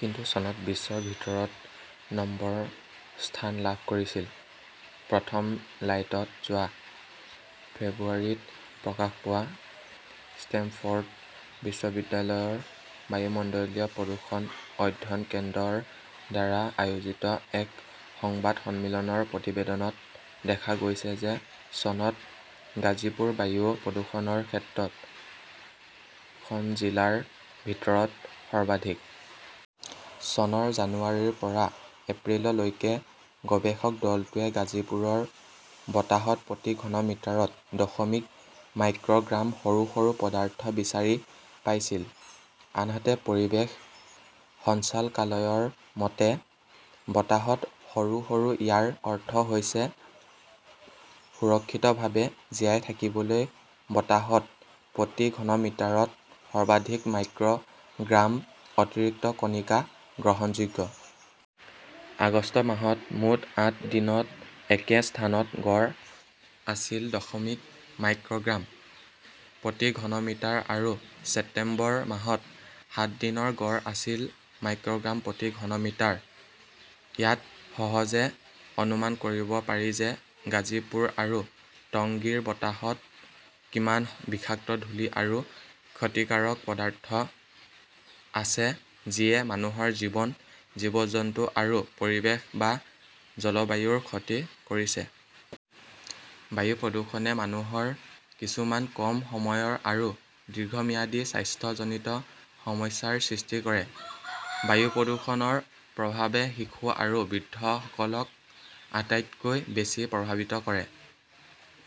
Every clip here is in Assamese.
কিন্তু চনত বিশ্বৰ ভিতৰত নম্বৰ স্থান লাভ কৰিছিল। প্ৰথম লাইটত যোৱা ফেব্ৰুৱাৰীত প্ৰকাশ পোৱা ষ্টেমফৰ্ড বিশ্ববিদ্যালয়ৰ বায়ুমণ্ডলীয় প্ৰদূষণ অধ্যয়ন কেন্দ্ৰ ৰ দ্বাৰা আয়োজিত এক সংবাদ সন্মিলনৰ প্ৰতিবেদনত দেখা গৈছে যে চনত গাজিপুৰ বায়ু প্ৰদূষণৰ ক্ষেত্ৰত খন জিলাৰ ভিতৰত সৰ্বাধিক। চনৰ জানুৱাৰীৰ পৰা এপ্ৰিললৈকে গৱেষক দলটোৱে গাজীপুৰৰ বতাহত প্ৰতি ঘনমিটাৰত দশমিক মাইক্ৰ "গ্ৰাম সৰু সৰু পদাৰ্থ বিচাৰি পাইছিল; আনহাতে পৰিৱেশ সঞ্চালকালয়ৰ মতে, বতাহত সৰু সৰু ইয়াৰ অৰ্থ হৈছে সুৰক্ষিতভাৱে জীয়াই থাকিবলৈ বতাহত প্ৰতি ঘনমিটাৰত সৰ্বাধিক মাইক্ৰ "গ্ৰাম অতিৰিক্ত কণিকা গ্ৰহণযোগ্য। আগষ্ট মাহত মুঠ আঠ দিনত একে স্থানত গড় আছিল দশমিক মাইক্ৰ "গ্ৰাম প্ৰতি ঘনমিটাৰ আৰু ছেপ্টেম্বৰ মাহত সাত দিনৰ গড় আছিল মাইক্ৰ’গ্ৰাম প্ৰতি ঘনমিটাৰ। ইয়াত সহজে অনুমান কৰিব পাৰি যে গাজীপুৰ আৰু টংগীৰ বতাহত কিমান বিষাক্ত ধূলি আৰু ক্ষতিকাৰক পদাৰ্থ আছে যিয়ে মানুহৰ জীৱন, জীৱ-জন্তু আৰু পৰিৱেশ বা জলবায়ুৰ ক্ষতি কৰিছে। বায়ু প্ৰদূষণে মানুহৰ কিছুমান কম সময়ৰ আৰু দীৰ্ঘম্যাদী স্বাস্থ্যজনিত সমস্যাৰ সৃষ্টি কৰে। বায়ু প্ৰদূষণৰ প্ৰভাৱে শিশু আৰু বৃদ্ধসকলক আটাইতকৈ বেছি প্ৰভাৱিত কৰে।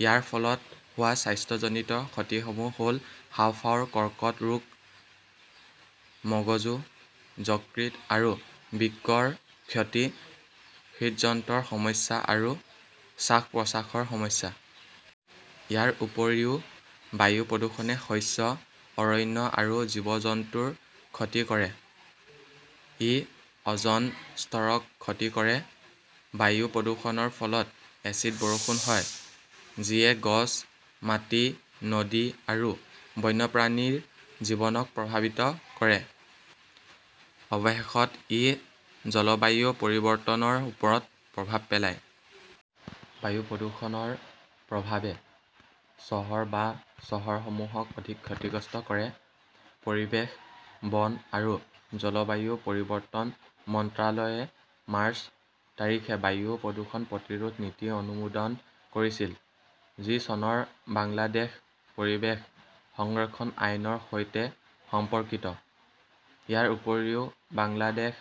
ইয়াৰ ফলত হোৱা স্বাস্থ্যজনিত ক্ষতিসমূহ হ’ল হাঁওফাঁওৰ কৰ্কট ৰোগ, মগজু, যকৃত আৰু বৃক্কৰ ক্ষতি, হৃদযন্ত্ৰৰ সমস্যা আৰু শ্বাস-প্ৰশ্বাসৰ সমস্যা। ইয়াৰ উপৰিও বায়ু প্ৰদূষণে শস্য, অৰণ্য আৰু জীৱ-জন্তুৰ ক্ষতি কৰে। ই অ’জন স্তৰক ক্ষতি কৰে। বায়ু প্ৰদূষণৰ ফলত এচিড বৰষুণ হয়; যিয়ে গছ, মাটি, নদী আৰু বন্যপ্ৰাণীৰ জীৱনক প্ৰভাৱিত কৰে। অৱশেষত ই জলবায়ু পৰিৱৰ্তনৰ ওপৰত প্ৰভাৱ পেলায়। বায়ু প্ৰদূষণৰ প্ৰভাৱে চহৰ বা চহৰসমূহক অধিক ক্ষতিগ্ৰস্ত কৰে। পৰিৱেশ, বন আৰু জলবায়ু পৰিৱৰ্তন মন্ত্ৰালয়ে মাৰ্চ, তাৰিখে বায়ু প্ৰদূষণ প্ৰতিৰোধ নীতি অনুমোদন কৰিছিল, যি চনৰ বাংলাদেশ পৰিৱেশ সংৰক্ষণ আইনৰ সৈতে সম্পৰ্কিত। ইয়াৰ উপৰিও বাংলাদেশ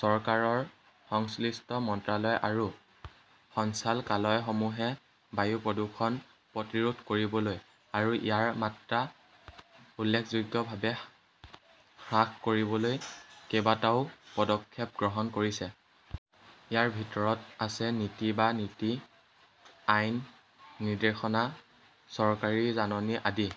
চৰকাৰৰ সংশ্লিষ্ট মন্ত্ৰালয় আৰু সঞ্চালকালয়সমূহে বায়ু প্ৰদূষণ প্ৰতিৰোধ কৰিবলৈ আৰু ইয়াৰ মাত্ৰা উল্লেখযোগ্যভাৱে হ্ৰাস কৰিবলৈ কেইবাটাও পদক্ষেপ গ্ৰহণ কৰিছে। ইয়াৰ ভিতৰত আছে নীতি বা নীতি, আইন, নিৰ্দেশনা, চৰকাৰী জাননী আদি।